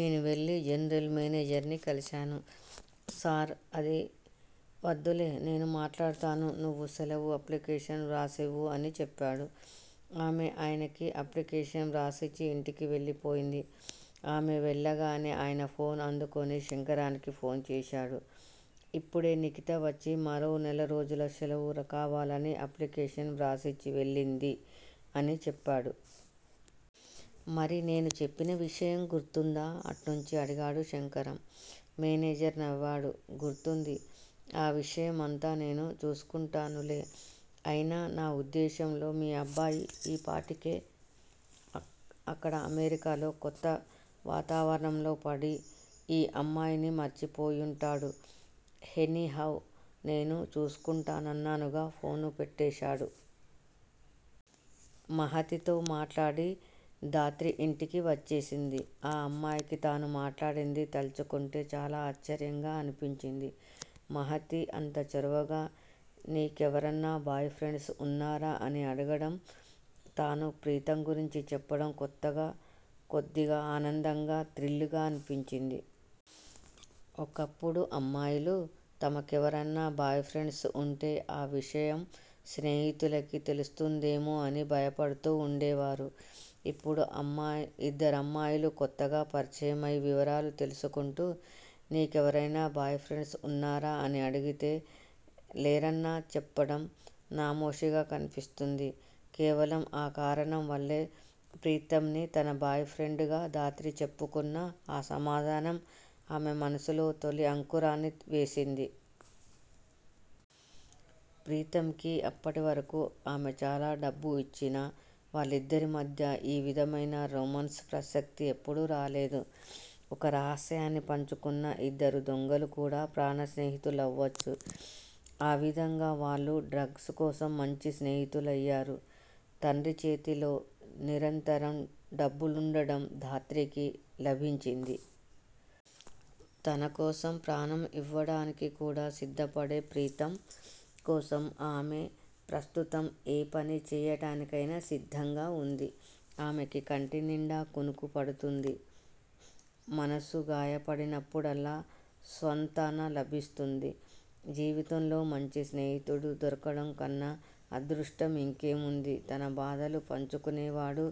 నేను వెళ్ళి జనరల్ మేనేజర్ని కలుస్తాను సార్ అంది. వద్దులే. నేను మాట్లాడతాను. నువ్వు సెలవు అప్లికేషన్ వ్రాసివ్వు అని చెప్పాడు. ఆమె ఆయనకి ఆప్లికేషన్ వ్రాసిచ్చి ఇంటికి వెళ్ళి పోయింది. ఆమె వెళ్ళగానే ఆయన ఫోన్ అందుకొని శంకరానికి ఫోన్ చేశాడు. ఇప్పుడే నిఖిత వచ్చి మరో నెలరోజులు శెలవు కావాలని అప్లికేషన్ వ్రాసిచ్చి వెళ్ళింది అని చెప్పాడు. మరి నేను చెప్పిన విషయం గుర్తుందా? అట్నుంచి అడిగాడు శంకరం. మేనేజర్ నవ్వాడు. గుర్తుంది. ఆ విషయం అంతా నేను చూసుకుంటానులే. అయినా నా వుద్దేశ్యంలో మీ అబ్బాయి ఈపాటికే అక్కడ అమెరికాలో కొత్త వాతావరణంలో పడి ఈ అమ్మాయిని మర్చిపోయుంటాడు. ఎనీ హౌ నేను చూసుకుంటానన్నానుగా ఫోన్ పెట్టేశాడు. మహతితో మాట్లాడి ధాత్రి ఇంటికి వచ్చేసింది. ఆ అమ్మాయికి తను మాట్లాడింది తల్చుకుంటే చాలా ఆశ్చర్యంగా అనిపించింది. మహతి అంత చొరవగా 'నీ కెవరన్నా బాయ్ ఫ్రెండ్స్ వున్నారా? ' అని అడగటం, తను ప్రీతమ్ గురించి చెప్పటం కొత్తగా, కొద్దిగా ఆనందంగా, థ్రిల్ గా అనిపించింది. ఒకప్పుడు అమ్మాయిలు తమకెవరన్నా బాయ్ ఫ్రెండ్స్ వుంటే ఆ విషయం స్నేహితులకి తెలుస్తుందేమో అని భయపడుతూ వుండేవారు. ఇప్పుడు ఇద్దరమ్మాయిలు కొత్తగా పరిచయం అయి వివరాలు తెలుసుకుంటూ 'నీ కెవరైనా బాయ్ ఫ్రెండ్స్ వున్నారా' అని అడిగితే లేరని చెప్పటం నామోషీగా కనిపిస్తోంది. కేవలం ఆ కారణం వల్లే ప్రీతమ్ ని తన బాయ్ ఫ్రెండ్ గా ధాత్రి చెప్పుకున్నా, ఆ సమాధానం ఆమె మనసులో తొలి అంకురాన్ని వేసింది. ప్రీతమ్ కి అప్పటివరకూ ఆమె చాలా డబ్బు ఇచ్చినా, వాళ్ళిద్దరి మధ్యా ఈ విధమైన రొమాన్స్ ప్రసక్తి ఎప్పుడూ రాలేదు. ఒక రహస్యాన్ని పంచుకుంటున్న ఇద్దరు దొంగలు కూడా ప్రాణ స్నేహితులవ్వచ్చు. ఆ విధంగా వాళ్ళు 'డ్రగ్' కోసం మంచి స్నేహితులయ్యారు. తండ్రి చేతిలో నిరంతరం డబ్బులుండటం ధాత్రికి లాభించింది. తనకోసం ప్రాణం ఇవ్వటానికి కూడా సిద్ధపడే ప్రీతమ్ కోసం ఆమె ప్రస్తుతం ఏ పని చేయాటానికైనా సిద్ధంగా వుంది. ఆమెకి కంటినిండా కునుకు పడుతోంది. మనసు గాయపడినప్పుడల్లా స్వాంతన లభిస్తోంది. జీవితంలో మంచి స్నేహితుడు దొరకటం కన్నా అదృష్టం ఇంకేముంటుంది? తన బాధలు పంచుకునేవాడు,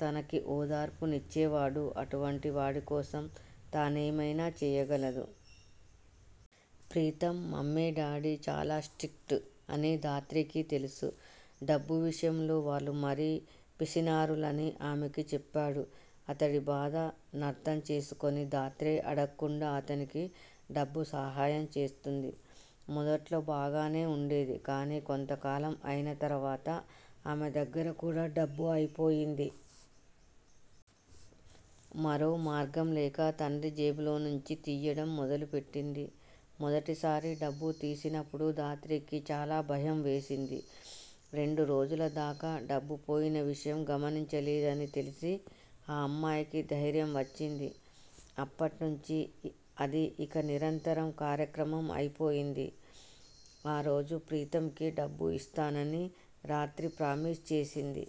తనకి ఓదార్పు నిచ్చేవాడు అటువంటి వాడికోసం తనేమైనా చేయగలదు. ప్రీతమ్ మమ్మీ, డాడీ చాలా స్ట్రిక్ట్ అని ధాత్రికి తెలుసు. డబ్బు విషయంలో వాళ్ళు మరీ పిసినారులని ఆమెకి చెప్పాడు. అతడి బాధ నర్థం చేసుకొని ధాత్రే అడక్కుండా అతనికి డబ్బుసాయం చేస్తోంది. మొదట్లో బాగానే వుండేది. కాని కొంతకాలం అయిన తర్వాత ఆమె దగ్గర కూడా డబ్బు అయిపోయింది. మరో మార్గంలేక తండ్రి జేబులోంచి తీయడం మొదలుపెట్టింది. మొదటిసారి డబ్బు తీసినప్పుడు ధాత్రికి చాలా భయం వేసింది. రెండు రోజుల దాకా డబ్బు పోయిన విషయం గమనించలేదని తెలిసి ఆ అమ్మాయికి ధైర్యం వచ్చింది. అప్పటినుంచి అది ఇక నిరంతరం కార్యక్రమం అయిపోయింది. ఆ రోజు ప్రీతమ్ కి డబ్బు ఇస్తానని రాత్రి ప్రామిస్ చేసింది.